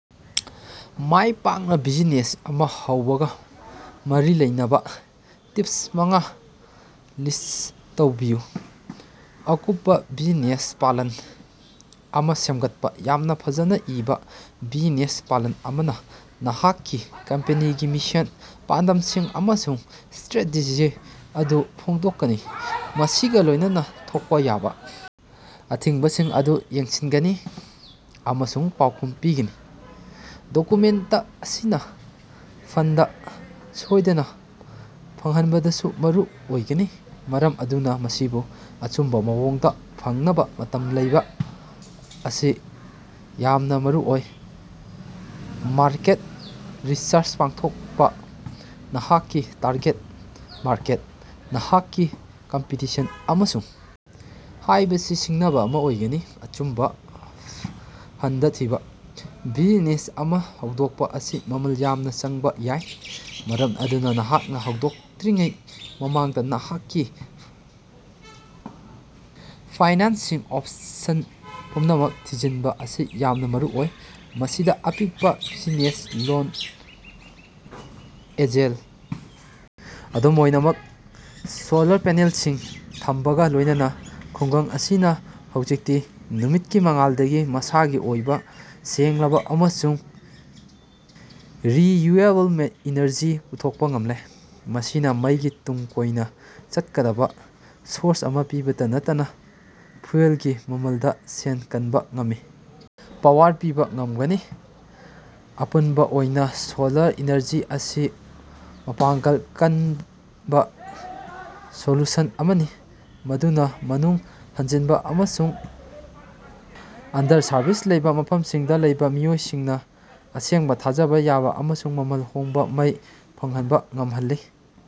ꯃꯥꯏꯄꯥꯛꯅ business ꯑꯃ ꯍꯧꯕꯒ ꯃꯔꯤ ꯂꯩꯅꯕ ꯇꯤꯞꯁ ꯃꯉ ꯂꯤꯁ꯭ꯠ ꯇꯧꯕꯤꯌꯨ꯫ ꯑꯀꯨꯞꯄ ꯕꯤꯖꯤꯅꯦꯁ ꯄ꯭ꯂꯥꯟ ꯑꯃ ꯁꯦꯝꯒꯠꯄ ꯌꯥꯝꯅ ꯐꯖꯅ ꯏꯕ ꯕꯤꯖꯤꯅꯦꯁ ꯄ꯭ꯂꯥꯟ ꯑꯃꯅ ꯅꯍꯥꯛꯀꯤ ꯀꯝꯄꯦꯅꯤꯒꯤ ꯃꯤꯁꯟ, ꯄꯥꯟꯗꯝꯁꯤꯡ ꯑꯃꯁꯨꯡ ꯁ꯭ꯇꯔꯦꯇꯦꯖꯤ ꯑꯗꯨ ꯐꯣꯡꯗꯣꯛꯀꯅꯤ, ꯃꯁꯤꯒ ꯂꯣꯏꯅꯅ ꯊꯣꯛꯄ ꯌꯥꯕ ꯑꯊꯤꯡꯕꯁꯤꯡ ꯑꯗꯨ ꯌꯦꯡꯁꯤꯟꯒꯅꯤ ꯑꯃꯁꯨꯡ ꯄꯥꯎꯈꯨꯝ ꯄꯤꯒꯅꯤ꯫ ꯗꯣꯀꯨꯃꯦꯟꯇ ꯑꯁꯤꯅ ꯐꯟꯗ ꯁꯣꯏꯗꯅ ꯐꯪꯍꯟꯕꯗꯁꯨ ꯃꯔꯨ ꯑꯣꯏꯒꯅꯤ, ꯃꯔꯝ ꯑꯗꯨꯅ ꯃꯁꯤꯕꯨ ꯑꯆꯨꯝꯕ ꯃꯑꯣꯡꯗ ꯐꯪꯅꯕ ꯃꯇꯝ ꯂꯧꯕ ꯑꯁꯤ ꯌꯥꯝꯅ ꯃꯔꯨꯑꯣꯏ꯫ ꯃꯥꯔꯀꯦꯠ ꯔꯤꯁꯔꯆ ꯄꯥꯡꯊꯣꯀꯄꯥ: ꯅꯍꯥꯛꯀꯤ ꯇꯥꯔꯒꯦꯠ ꯃꯥꯔꯀꯦꯠ, ꯅꯍꯥꯛꯀꯤ ꯀꯝꯄꯤꯇꯤꯁꯟ, ꯑꯃꯁꯨꯡ ꯍꯥꯏꯕꯁꯤ ꯁꯤꯡꯅꯕ ꯑꯃ ꯑꯣꯏꯒꯅꯤ꯫ ꯑꯆꯨꯝꯕ ꯐꯟꯗ ꯊꯤꯕ: ꯕꯤꯖꯤꯅꯦꯁ ꯑꯃ ꯍꯧꯗꯣꯛꯄ ꯑꯁꯤ ꯃꯃꯜ ꯌꯥꯝꯅ ꯆꯪꯕ ꯌꯥꯏ, ꯃꯔꯝ ꯑꯗꯨꯅ ꯅꯍꯥꯛꯅ ꯍꯧꯗꯣꯛꯇ꯭ꯔꯤꯉꯩ ꯃꯃꯥꯡꯗ ꯅꯍꯥꯛꯀꯤ ꯐꯥꯏꯅꯥꯟꯁꯤꯡ ꯑꯣꯞꯁꯟ ꯄꯨꯝꯅꯃꯛ ꯊꯤꯖꯤꯟꯕ ꯑꯁꯤ ꯌꯥꯝꯅ ꯃꯔꯨꯑꯣꯏ꯫ ꯃꯁꯤꯗ ꯑꯄꯤꯛꯄ ꯕꯤꯖꯤꯅꯦꯁ ꯂꯣꯟ, ꯑꯦꯟꯖꯦꯜ ꯑꯗꯨꯝ ꯑꯣꯏꯅꯃꯛ ꯁꯣꯂꯥꯔ ꯄꯦꯅꯦꯜꯁꯤꯡ ꯊꯝꯕꯒ ꯂꯣꯏꯅꯅ ꯈꯨꯡꯒꯪ ꯑꯁꯤꯅ ꯍꯧꯖꯤꯛꯇꯤ ꯅꯨꯃꯤꯠꯀꯤ ꯃꯉꯥꯜꯗꯒꯤ ꯃꯁꯥꯒꯤ ꯑꯣꯏꯕ ꯁꯦꯡꯂꯕ ꯑꯃꯁꯨꯡ ꯔꯤꯅ꯭ꯌꯨꯑꯦꯕꯜ ꯏꯅꯔꯖꯤ ꯄꯨꯊꯣꯛꯄ ꯉꯝꯂꯦ꯫ ꯃꯁꯤꯅ ꯃꯩꯒꯤ ꯇꯨꯡ ꯀꯣꯏꯅ ꯆꯠꯀꯗꯕ ꯁꯣꯔꯁ ꯑꯃ ꯄꯤꯕꯇꯥ ꯅꯠꯇꯅ ꯐ꯭ꯌꯨꯑꯦꯜꯒꯤ ꯃꯃꯜꯗ ꯁꯦꯟ ꯀꯟꯕ ꯉꯝꯃꯤ, ꯄꯥꯋꯔ ꯄꯤꯕꯥ ꯉꯝꯒꯅꯤ꯫ ꯑꯄꯨꯟꯕ ꯑꯣꯏꯅ ꯁꯣꯂꯥꯔ ꯏꯅꯔꯖꯤ ꯑꯁꯤ ꯃꯄꯥꯡꯒꯜ ꯀꯟꯕ ꯁꯣꯂꯨꯁꯟ ꯑꯃꯅꯤ ꯃꯗꯨꯅ ꯃꯅꯨꯡ ꯍꯟꯖꯤꯟꯕ ꯑꯃꯁꯨꯡ ꯑꯟꯗꯔ-ꯁꯥꯔꯚꯤꯁ ꯂꯩꯕ ꯃꯐꯝꯁꯤꯡꯗ ꯂꯩꯕ ꯃꯤꯑꯣꯏꯁꯤꯡꯅ ꯑꯁꯦꯡꯕ, ꯊꯥꯖꯕ ꯌꯥꯕ ꯑꯃꯁꯨꯡ ꯃꯃꯜ ꯍꯣꯡꯕ ꯃꯩ ꯐꯪꯍꯟꯕ ꯉꯝꯍꯜꯂꯤ꯫